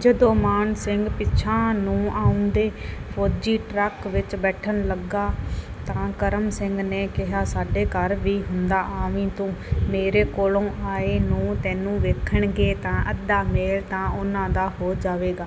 ਜਦੋਂ ਮਾਨ ਸਿੰਘ ਪਿਛਾਂਹ ਨੂੰ ਆਉਂਦੇ ਫ਼ੌਜੀ ਟਰੱਕ ਵਿਚ ਬੈਠਣ ਲੱਗਾ ਤਾਂ ਕਰਮ ਸਿੰਘ ਨੇ ਕਿਹਾ, ''ਸਾਡੇ ਘਰ ਵੀ ਹੁੰਦਾ ਆਵੀਂ ਤੂੰ। ਮੇਰੇ ਕੋਲੋਂ ਆਏ ਨੂੰ ਤੈਨੂੰ ਵੇਖਣਗੇ ਤਾਂ ਅੱਧਾ ਮੇਲ ਤਾਂ ਉਹਨਾਂ ਦਾ ਹੋ ਜਾਵੇਗਾ।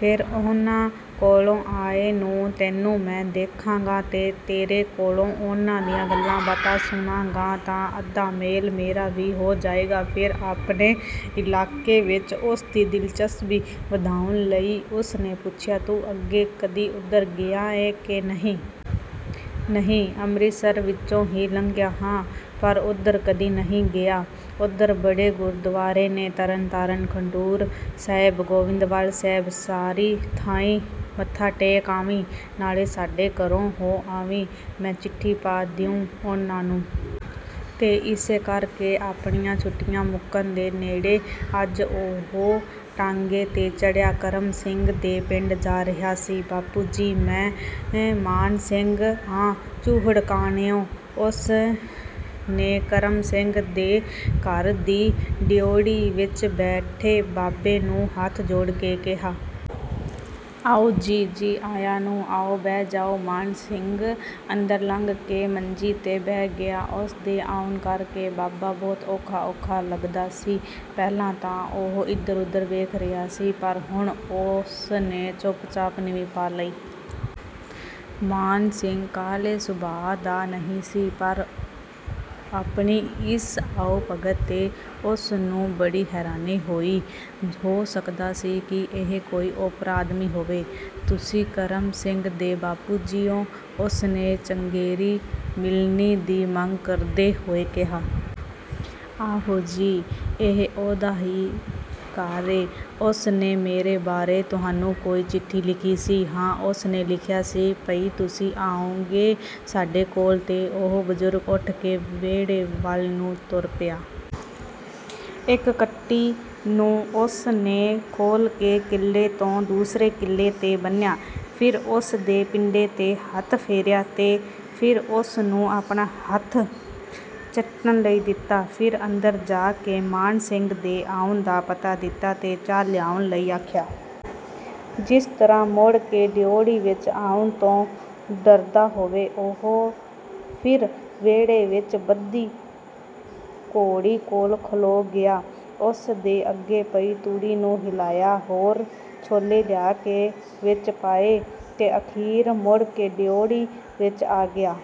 ਫਿਰ ਉਹਨਾਂ ਕੋਲੋਂ ਆਏ ਨੂੰ ਤੈਨੂੰ ਮੈਂ ਦੇਖਾਂਗਾ ਤੇ ਤੇਰੇ ਕੋਲੋਂ ਉਹਨਾਂ ਦੀਆਂ ਗੱਲਾਂ-ਬਾਤਾਂ ਸੁਣਾਂਗਾ ਤਾਂ ਅੱਧਾ ਮੇਲ ਮੇਰਾ ਵੀ ਹੋ ਜਾਏਗਾ।'' ਫਿਰ ਆਪਣੇ ਇਲਾਕੇ ਵਿਚ ਉਸ ਦੀ ਦਿਲਚਸਪੀ ਵਧਾਉਣ ਲਈ ਉਸ ਨੇ ਪੁੱਛਿਆ, ''ਤੂੰ ਅੱਗੇ ਕਦੀ ਉਧਰ ਗਿਆ ਏ ਕਿ ਨਹੀਂ?'' ''ਨਹੀਂ, ਅੰਮ੍ਰਿਤਸਰ ਵਿਚੋਂ ਹੀ ਲੰਘਿਆ ਹਾਂ, ਪਰ ਉੱਧਰ ਕਦੀ ਨਹੀਂ ਗਿਆ।'' ''ਉੱਧਰ ਬੜੇ ਗੁਰਦੁਆਰੇ ਨੇ – ਤਰਨ ਤਾਰਨ, ਖਡੂਰ ਸਾਹਿਬ, ਗੋਇੰਦਵਾਲ ਸਾਹਿਬ। ਸਾਰੀ ਥਾਈਂ ਮੱਥਾ ਟੇਕ ਆਵੀਂ, ਨਾਲੇ ਸਾਡੇ ਘਰੋਂ ਹੋ ਆਵੀਂ। ਮੈਂ ਚਿੱਠੀ ਪਾ ਦਿਊਂ ਉਹਨਾਂ ਨੂੰ।'' ਤੇ ਇਸੇ ਕਰ ਕੇ ਆਪਣੀਆਂ ਛੁੱਟੀਆਂ ਮੁੱਕਣ ਦੇ ਨੇੜੇ ਅੱਜ ਉਹ ਟਾਂਗੇ 'ਤੇ ਚੜ੍ਹਿਆ ਕਰਮ ਸਿੰਘ ਦੇ ਪਿੰਡ ਜਾ ਰਿਹਾ ਸੀ। ''ਬਾਪੂ ਜੀ, ਮੈਂ ਮਾਨ ਸਿੰਘ ਆਂ ਚੂਹੜਕਾਣਿਓ।'' ਉਸ ਨੇ ਕਰਮ ਸਿੰਘ ਦੇ ਘਰ ਦੀ ਡਿਓੜੀ ਵਿਚ ਬੈਠੇ ਬਾਬੇ ਨੂੰ ਹੱਥ ਜੋੜ ਕੇ ਕਿਹਾ। ''ਆਓ ਜੀ, ਜੀ ਆਇਆਂ ਨੂੰ। ਆਓ, ਬਹਿ ਜਾਓ।'' ਮਾਨ ਸਿੰਘ ਅੰਦਰ ਲੰਘ ਕੇ ਮੰਜੀ 'ਤੇ ਬਹਿ ਗਿਆ। ਉਸ ਦੇ ਆਉਣ ਕਰ ਕੇ ਬਾਬਾ ਕੁਝ ਔਖਾ-ਔਖਾ ਲੱਗਦਾ ਸੀ। ਪਹਿਲਾਂ ਤਾਂ ਉਹ ਇੱਧਰ-ਉੱਧਰ ਵੇਖ ਰਿਹਾ ਸੀ, ਪਰ ਹੁਣ ਉਸ ਨੇ ਚੁੱਪ-ਚਾਪ ਨੀਵੀਂ ਪਾ ਲਈ। ਮਾਨ ਸਿੰਘ ਕਾਹਲੇ ਸੁਭਾਅ ਦਾ ਨਹੀਂ ਸੀ ਪਰ ਆਪਣੀ ਇਸ ਆਓ-ਭਗਤ 'ਤੇ ਉਸ ਨੂੰ ਬੜੀ ਹੈਰਾਨੀ ਹੋਈ। ਹੋ ਸਕਦਾ ਸੀ ਇਹ ਕੋਈ ਓਪਰਾ ਆਦਮੀ ਹੋਵੇ। ''ਤੁਸੀਂ ਕਰਮ ਸਿੰਘ ਦੇ ਬਾਪੂ ਜੀ ਓ?'' ਉਸ ਨੇ ਚੰਗੇਰੀ ਮਿਲਣੀ ਦੀ ਮੰਗ ਕਰਦੇ ਹੋਏ ਕਿਹਾ। ''ਆਹੋ ਜੀ, ਇਹ ਉਹਦਾ ਹੀ ਘਰ ਏ।'' ''ਉਸ ਨੇ ਮੇਰੇ ਬਾਰੇ ਤੁਹਾਨੂੰ ਕੋਈ ਚਿੱਠੀ ਲਿਖੀ ਸੀ?'' ''ਹਾਂ, ਉਸ ਨੇ ਲਿਖਿਆ ਸੀ ਪਈ ਤੁਸੀਂ ਆਉਗੇ ਸਾਡੇ ਕੋਲ।'' ਤੇ ਓਹ ਬਜ਼ੁਰਗ ਉੱਠ ਕੇ ਵਿਹੜੇ ਵੱਲ ਨੂੰ ਟੁਰ ਪਿਆ। ਇਕ ਕੱਟੀ ਨੂੰ ਉਸ ਨੇ ਖੋਲ੍ਹ ਕੇ ਕਿੱਲੇ ਤੋਂ ਦੂਸਰੇ ਕਿੱਲੇ 'ਤੇ ਬੰਨ੍ਹਿਆ, ਫਿਰ ਉਸ ਦੇ ਪਿੰਡੇ 'ਤੇ ਹੱਥ ਫੇਰਿਆ ਤੇ ਫਿਰ ਉਸ ਨੂੰ ਆਪਣਾ ਹੱਥ ਚੱਟਣ ਲਈ ਦਿੱਤਾ। ਫਿਰ ਅੰਦਰ ਜਾ ਕੇ ਮਾਨ ਸਿੰਘ ਦੇ ਆਉਣ ਦਾ ਪਤਾ ਦਿੱਤਾ ਤੇ ਚਾਹ ਲਿਆਉਣ ਲਈ ਆਖਿਆ। ਜਿਸ ਤਰ੍ਹਾਂ ਮੁੜ ਕੇ ਡਿਓੜੀ ਵਿਚ ਆਉਣ ਤੋਂ ਡਰਦਾ ਹੋਵੇ, ਉਹ ਫਿਰ ਵਿਹੜੇ ਵਿਚ ਬੱਧੀ ਘੋੜੀ ਕੋਲ ਖਲੋ ਗਿਆ। ਉਸ ਦੇ ਅੱਗੇ ਪਈ ਤੂੜੀ ਨੂੰ ਹਿਲਾਇਆ, ਹੋਰ ਛੋਲੇ ਲਿਆ ਕੇ ਵਿਚ ਪਾਏ ਤੇ ਅਖ਼ੀਰ ਮੁੜ ਕੇ ਡਿਓੜੀ ਵਿਚ ਆ ਗਿਆ।